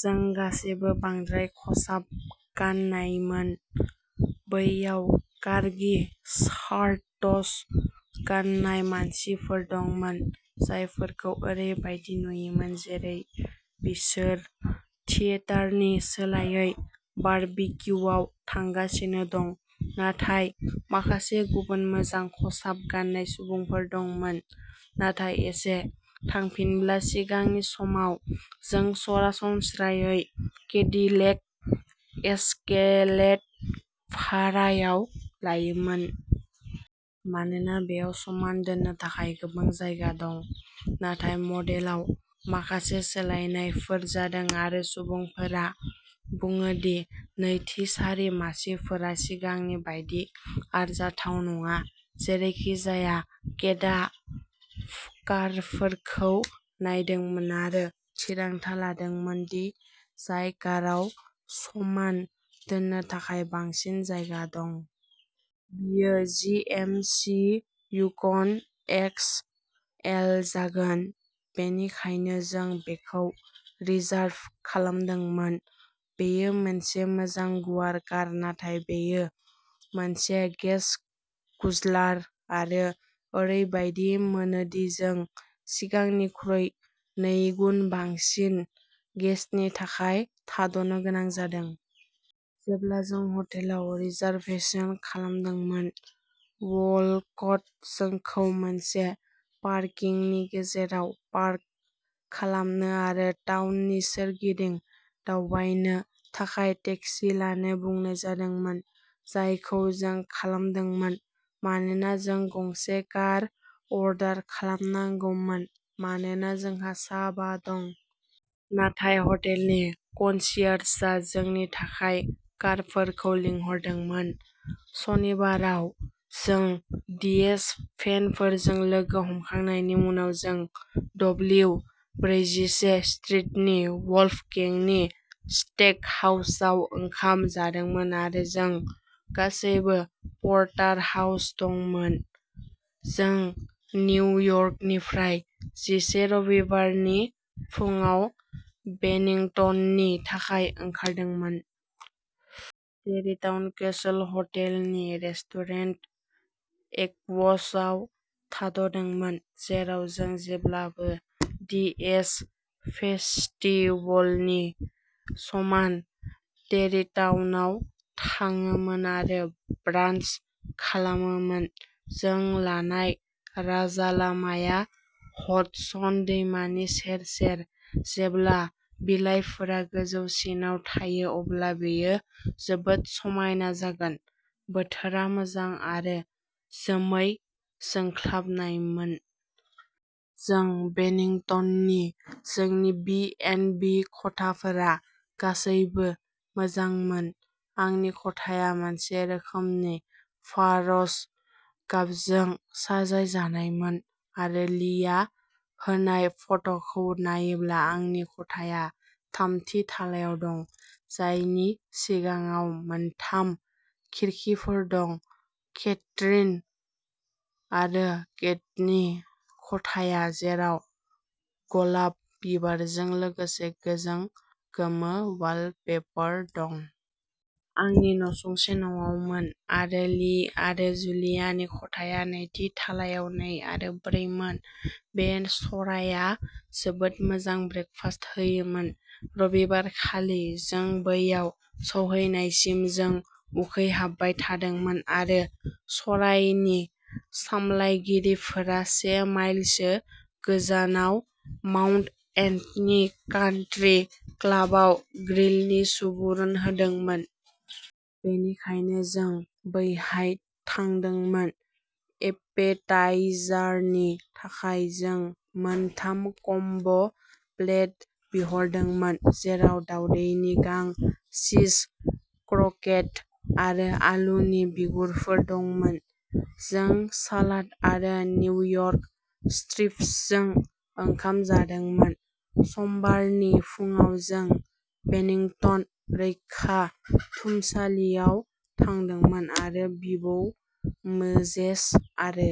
जों गासैबो बांद्राय खसाब गाननायमोन। बैयाव कारगि शारटस गाननाय मानसिफोर दंमोन। जायफोरखौ ओरैबायदि नुयोमोन जेरै बिसोर थियेटारनि सोलायै बारबिक्युआव थांगासिनो दं। नाथाय माखासे गुबुन मोजां खसाब गाननाय सुबुंफोर दंमोन। नाथाय एसे थांफिनब्ला सिगांनि समाव जों सरासनस्रायै केडिलेक एस्केलेड भारायाव लायोमोन। मानोना बेयाव समान दोननो थाखाय गोबां जायगा दं। नाथाय मडेलाव माखासे सोलायनायफोर जादों आरो सुबुंफोरा बुङो दि नैथि सारि मासिफोरा सिगांनि बायदि आरजाथाव नङा। जेरैखिजाया केटआ कारफोरखौ नायदोंमोन आरो थिरांथा लादोंमोन दि जाय काराव समान दोननो थाखाय बांसिन जायगा दं। बियो जि. एम. सि. युकन एक्स. एल. जागोन। बेनिखायनो जों बेखौ रिजार्भ खालामदोंमोन। बेयो मोनसे मोजां गुवार कार नाथाय बेयो मोनसे गेस गुज्लार आरो ओरैबादि मोनोदि जों सिगांनिख्रुइ नैगुन बांसिन गेसनि थाखाय थाद'नो गोनां जादों। जेब्ला जों हटेलाव रिजारभेसन खालामदोंमोन। वलकट जोंखौ मोनसे पारकिंनि गेरेजाव पार्क खालामनो आरो टाउननि सोरगिदिं दावबायनो थाखाय टेक्सि लानो बुंनाय जादोंमोन। जायखौ जों खालामदोंमोन। मानोना जों गंसे कार अर्डार खालामनांगौमोन मानोना जोंहा सा बा दं। नाथाय हटेलनि कनसियारजआ जोंनि थाखाय कारफोरखौ लिंहरदोंमोन। सनिबाराव जों डीएस फेनफोरजों लोगो हमखांनायनि उनाव जों डब्लिउ ब्रैजिसे स्ट्रीटनि वोल्फगेंनि स्टेकहाउसाव ओंखाम जादोंमोन आरो जों गासैबो परटारहाउस दंमोन। जों निउयर्कनिफ्राय जिसे रबिबारनि फुंआव बेनिंटननि थाखाय ओंखारदोंमोन। टेरिटाउन केसल हटेलनि रेस्टुरेन्ट एक्वसआव थाद'दोंमोन। जेराव जों जेब्लाबो डीएस फेस्टिवलनि समाव टेरिटाउनआव थाङोमोनआरो ब्रान्स खालामोमोन। जों लानाय राजालामाया हडसन दैमानि सेर सेर। जेब्ला बिलाइफोरा गोजौसिनाव थायो अब्ला बेयो जोबोद समायना जागोन। बोथोरा मोजां आरो जोमै जोंख्लाबनायमोन। जों बेनिंटननि जोंनि बी. एन्ड. बी. खथाफोरा गासैबो मोजांमोन। आंनि खथाया मोनसे रोखोमनि फारज गाबजों साजायजानायमोन आरो लीया होनाय फट'खौ नायोब्ला आंनि खथाया थामथि थालायाव दं जायनि सिगाङाव मोनथाम खिरखिफोर दं। केथरिन आरो केटनि खथाया, जेराव गलाब बिबारजों लोगोसे गोजों गोमो वालपेपर दं। आंनि नसुंसे न'आवमोन आरो ली आरो जुलियानि खथाया नैथि थालायाव नै आरो ब्रै मोन। बे सरायआ जोबोद मोजां ब्रेकफास्ट होयोमोन। रबिबारखालि जों बैयाव सौहैनायसिम जों उखैहाबबाय थादोंमोन आरो सरायनि सामलायगिरिफोरा से माइलसो गोजानाव माउन्ट एन्थनी कान्ट्री क्लाबआव ग्रिलनि सुबुरुन होदोंमोन। बेनिखायनो जों बैहाय थांदोंमोन। एपेटाइजारनि थाखाय जों मोन थाम कम्बो प्लेट बिहरदोंमोन जेराव दावदैनि गां, चीज, क्रकेट आरो आलुनि बिगुरफोर दंमोन। जों सालाद आरो निउयर्क स्ट्रिप्सजों ओंखाम जादोंमोन। समबारनि फुंआव जों बेनिंटन रैखाथुमसालियाव थांदोंमोन आरो बिबौ मोजेस आरो